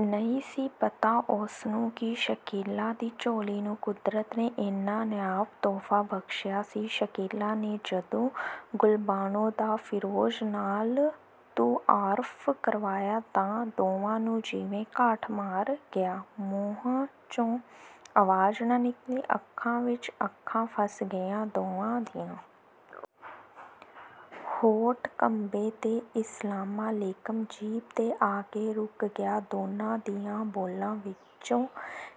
ਨਹੀ ਸੀ ਪਤਾ ਉਸਨੂੰ ਕਿ ਸ਼ਕੀਲਾ ਦੀ ਝੋਲੀ ਨੂੰ ਕੁਦਰਤ ਨੇ ਇੰਨ੍ਹਾ ਨਾਯਾਬ ਤੋਹਫਾ ਬਖਸ਼ਿਆ ਸੀ। ਸ਼ਕੀਲਾ ਨੇ ਜਦੋ ਗੁਲਬਾਨੋ ਦਾ ਫਿਰੋਜ਼ ਨਾਲ ਤੁਆਰਫ ਕਰਵਾਇਆ, ਤਾਂ ਦੋਹਾਂ ਨੂੰ ਜਿਵੇਂ ਕਾਠ ਮਾਰ ਗਿਆ। ਮੂੰਹਾਂ, ਚੋਂ ਆਵਾਜ਼ ਨਾ ਨਿੱਕਲੀ, ਅੱਖਾਂ ਵਿੱਚ ਅੱਖਾਂ ਫਸ ਗਈਆ ਦੋਹਾਂ ਦੀਆ। ਹੋਂਠ ਕੰਬੇਂ ਤੇ "ਇਸਲਾਮਾ ਲੇਕਮ"ਜੀਭ ਤੇ ਆ ਕੇ ਰੁਕ ਗਿਆ ਦੋਨਾਂ ਦੀਆ ਬੋਲਾ ਵਿਚੋ।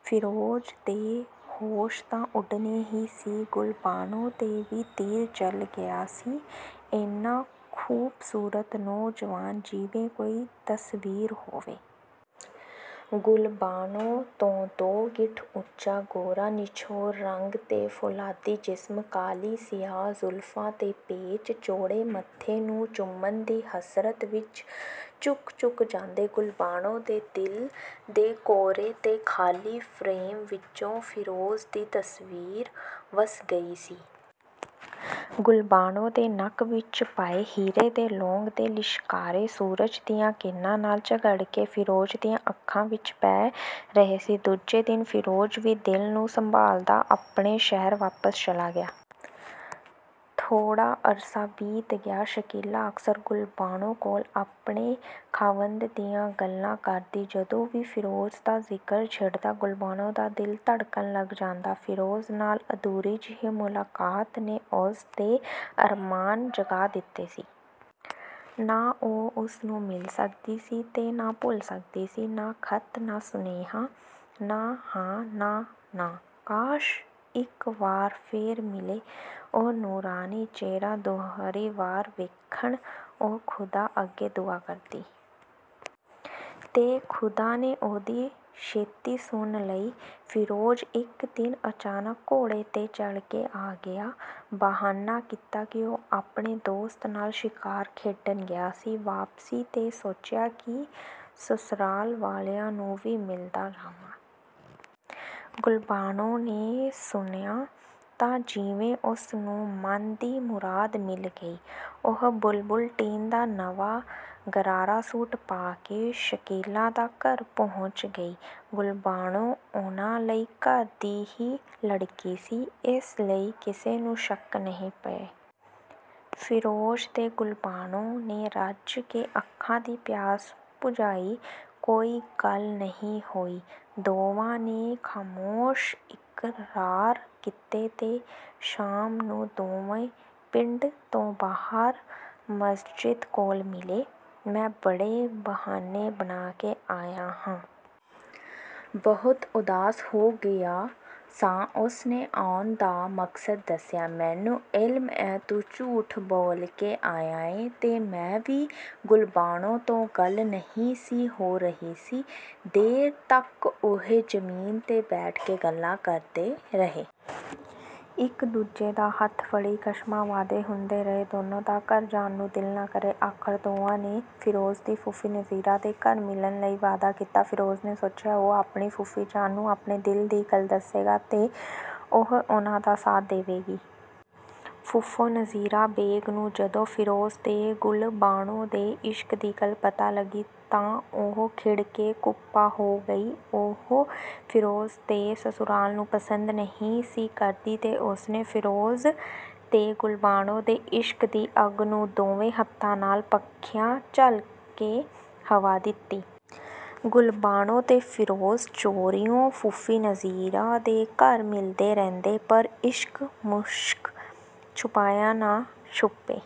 ਫਿਰੋਜ਼ ਦੇ ਹੋਸ਼ ਤਾਂ ਉਡਣੇ ਹੀ ਸੀ ਗੁਲਬਾਨੋ ਤੇ ਵੀ ਤੀਰ ਚੱਲ ਗਿਆ ਸੀ। "ਏਨਾਂ ਖੂਬਸੂਰਤ ਨੌਜਵਾਨ..! ਜਿਵੇ ਕੋਈ ਤਸਵੀਰ ਹੋਵੇ। ਗੁਲਬਾਨੋ ਤੋਂ ਦੋ ਗਿੱਠ ਉਚਾ, ਗੋਰਾ ਨਿਛੋਹ ਰੰਗ, ਤੇ ਫ਼ੋਲਾਦੀ ਜਿਸਮ। ਕਾਲੀ ਸਿਆਹ ਜ਼ੁਲਫਾ ਦੇ ਪੇਚ ਚੌੜੇ ਮੱਥੇ ਨੂੰ ਚੁੰਮਣ ਦੀ ਹਸਰਤ ਵਿੱਚ ਝੁਕ ਝੁਕ ਜਾਂਦੇ। ਗੁਲਬਾਨੋ ਦੇ ਦਿਲ ਦੇ ਕੋਰੇ ਤੇ ਖਾਲੀ ਫਰੇਮ ਵਿੱਚ ਫਿਰੋਜ਼ ਦੀ ਤਸਵੀਰ ਵਸ ਗਈ ਸੀ। ਗੁਲਬਾਨੋ ਦੇ ਨੱਕ ਵਿੱਚ ਪਾਏ ਹੀਰੇ ਦੇ ਲੌਂਗ ਦੇ ਲਿਸ਼ਕਾਰੇ ਸੂਰਜ ਦੀਆਂ ਕਿਰਨਾਂ ਨਾਲ ਝਗੜ ਕੇ ਫਿਰੋਜ਼ ਦੀਆ ਅੱਖਾਂ ਵਿੱਚ ਪੈ ਰਹੇ ਸੀ। ਦੂਜੇ ਦਿਨ ਫਿਰੋਜ਼ ਵੀ ਦਿਲ ਨੂੰ ਸੰਭਾਲਦਾ ਆਪਣੇ ਸ਼ਹਿਰ ਵਾਪਸ ਚਲਾ ਗਿਆ। ਥੋੜ੍ਹਾ ਅਰਸਾ ਬੀਤ ਗਿਆ, ਸ਼ਕੀਲਾ ਅਕਸਰ ਗੁਲਬਾਨੋ ਕੋਲ ਆਪਣੇ ਖਾਵੰਦ ਦੀਆਂ ਗੱਲਾਂ ਕਰਦੀ। ਜਦੋ ਵੀ ਫਿਰੋਜ਼ ਦਾ ਜ਼ਿਕਰ ਛਿੜਦਾ ਗੁਲਬਾਨੋ ਦਾ ਦਿਲ ਧੜਕਣ ਲੱਗ ਜਾਂਦਾ। ਫਿਰੋਜ਼ ਨਾਲ ਅਧੂਰੀ ਜਿਹੀ ਮੁਲਾਕਾਤ ਨੇ ਉਸ ਦੇ ਅਰਮਾਨ ਜਗਾਅ ਦਿਤੇ ਸੀ। ਨਾ ਉਹ ਉਸ ਨੂੰ ਮਿਲ ਸਕਦੀ ਸੀ ਤੇ ਨਾ ਭੁੱਲ ਸਕਦੀ ਸੀ। ਨਾ ਖੱਤ ਨਾ ਸੁਨੇਹਾ। ਨਾ ਹਾਂ, ਨਾ ਨਾਂਹ। ਕਾਸ਼! ਇਕ ਵਾਰ ਫਿਰ ਮਿਲੇ, ਉਹ ਨੂਰਾਨੀ ਚਿਹਰਾ ਦੂਹਰੀ ਵਾਰ ਦੇਖਣ ਲਈ ਉਹ ਖੁਦਾ ਅੱਗੇ ਦੁਆ ਕਰਦੀ। ਤੇ ਖੁਦਾ ਨੇ ਉਹਦੀ ਛੇਤੀ ਸੁਣ ਲਈ। ਫਿਰੋਜ਼ ਇਕ ਦਿਨ ਅਚਾਨਕ ਘੋੜੇ ਤੇ ਚੜ੍ਹ ਕੇ ਆ ਗਿਆ। ਬਹਾਨਾ ਕੀਤਾ ਕਿ ਉਹ ਆਪਣੇ ਦੋਸਤ ਨਾਲ ਸ਼ਿਕਾਰ ਖੇਡਣ ਗਿਆ ਸੀ। ਵਾਪਸੀ ਤੇ ਸੋਚਿਆ ਕਿ ਸੁਸਰਾਲ ਵਾਲਿਆ ਨੂੰ ਵੀ ਮਿਲਦਾ ਜਾਵਾਂ। ਗੁਲਬਾਨੋ ਨੇ ਸੁਣਿਆ ਤਾਂ ਜਿਵੇਂ ਉਸਨੂੰ ਮਨ ਦੀ ਮੁਰਾਦ ਮਿਲ ਗਈ, ਉਹ ਬੁਲਬੁਲਟੀਨ ਦਾ ਨਵਾਂ ਗਰਾਰਾ ਸੂਟ ਪਾ ਕੇ ਸ਼ਕੀਲਾ ਦਾ ਘਰ ਪਹੁੰਚ ਗਈ। ਗੁਲਬਾਨੋ ਉਨ੍ਹਾਂ ਲਈ ਘਰ ਦੀ ਹੀ ਲੜਕੀ ਸੀ, ਇਸ ਲਈ ਕਿਸੇ ਨੂੰ ਸ਼ੱਕ ਨਹੀ ਪਈ। ਫਿਰੋਜ਼ ਤੇ ਗੁਲਬਾਨੋ ਨੇ ਰੱਜ ਕੇ ਅੱਖਾਂ ਦੀ ਪਿਆਸ ਬੁਝਾਈ, ਕੋਈ ਗੱਲ ਨਹੀ ਹੋਈ। ਦੋਵਾਂ ਨੇ ਖਾਮੋਸ਼ ਇਕਰਾਰ ਕੀਤੇ ਤੇ ਸ਼ਾਮ ਨੂੰ ਦੋਵੇਂ ਪਿੰਡ ਤੋਂ ਬਾਹਰ ਮਸਜਿਦ ਕੋਲ ਮਿਲੇ। ਮੈਂ ਬੜੇ ਬਹਾਨੇ ਬਣਾਕੇ ਆਇਆ ਹਾਂ। ਬਹੁਤ ਉਦਾਸ ਹੋ ਗਿਆ ਸਾਂ, ਉਸਨੇ ਆਉਣ ਦਾ ਮਕਸਦ ਦੱਸਿਆ। "ਮੈਨੂੰ ਇਲਮ ਏ…. ਤੂੰ ਝੂਠ ਬੋਲ ਕੇ ਆਇਆ ਏ… ਤੇ ਮੈਂ ਵੀ… ਗੁਲਬਾਨੋ ਤੋਂ ਗੱਲ ਨਹੀ ਸੀ ਹੋ ਰਹੀ ਸੀ। ਦੇਰ ਤੱਕ ਉਹ ਜ਼ਮੀਨ ਤੇ ਬੈਠੇ ਗੱਲਾਂ ਕਰਦੇ ਰਹੇ। ਇਕ-ਦੂਜੇ ਦਾ ਹੱਥ ਫੜੀ ਕਸ਼ਮਾਂ-ਵਾਅਦੇ ਹੁੰਦੇ ਰਹੇ। ਦੋਨਾਂ ਦਾ ਘਰ ਜਾਣ ਨੂੰ ਦਿਲ ਨਾ ਕਰੇ। ਆਖ਼ਰ ਦੋਵਾਂ ਨੇ ਫਿਰੋਜ਼ ਦੀ ਫੂਫੀ ਨਜ਼ੀਰਾਂ ਦੇ ਘਰ ਮਿਲਣ ਲਈ ਵਾਅਦਾ ਕੀਤਾ। ਫਿਰੋਜ਼ ਨੇ ਸੋਚਿਆ ਉਹ ਆਪਣੀ ਫੂਫੀ ਜਾਨ ਨੂੰ ਆਪਣੇ ਦਿਲ ਦੀ ਗੱਲ ਦੱਸੇਗਾ ਤੇ ਉਹ ਉਨ੍ਹਾਂ ਦਾ ਸਾਥ ਦੇਵੇਗੀ। ਫੂਫੋ 'ਨਜ਼ੀਰਾਂ ਬੇਗ' ਨੂੰ ਜਦੋ ਫਿਰੋਜ਼ ਤੇ ਗੁਲਬਾਨੋ ਦੇ ਇਸ਼ਕ ਦੀ ਗੱਲ ਪਤਾ ਲੱਗੀ ਤਾਂ ਉਹ ਖਿੜ ਕੇ ਕੁੱਪਾ ਹੋ ਗਈ। ਉਹ ਫਿਰੋਜ਼ ਦੇ ਸੁਸਰਾਲ ਨੂੰ ਪਸੰਦ ਨਹੀ ਸੀ ਕਰਦੀ ਤੇ ਉਸਨੇ ਫਿਰੋਜ਼ ਤੇ ਗੁਲਬਾਨੋ ਦੇ ਇਸ਼ਕ ਦੀ ਅੱਗ ਨੂੰ ਦੋਵੇਂ ਹੱਥਾਂ ਨਾਲ ਪੱਖੀਆ ਝੱਲਕੇ ਹਵਾ ਦਿਤੀ। ਗੁਲਬਾਨੋ ਤੇ ਫਿਰੋਜ਼ ਚੋਰੀਉ ਫੂਫੀ ਨਜ਼ੀਰਾਂ ਦੇ ਘਰ ਮਿਲਦੇ ਰਹਿੰਦੇ, ਪਰ ਇਸ਼ਕ-ਮੁਸ਼ਕ ਛੁਪਾਇਆ ਨਾ ਛੁੱਪੇ।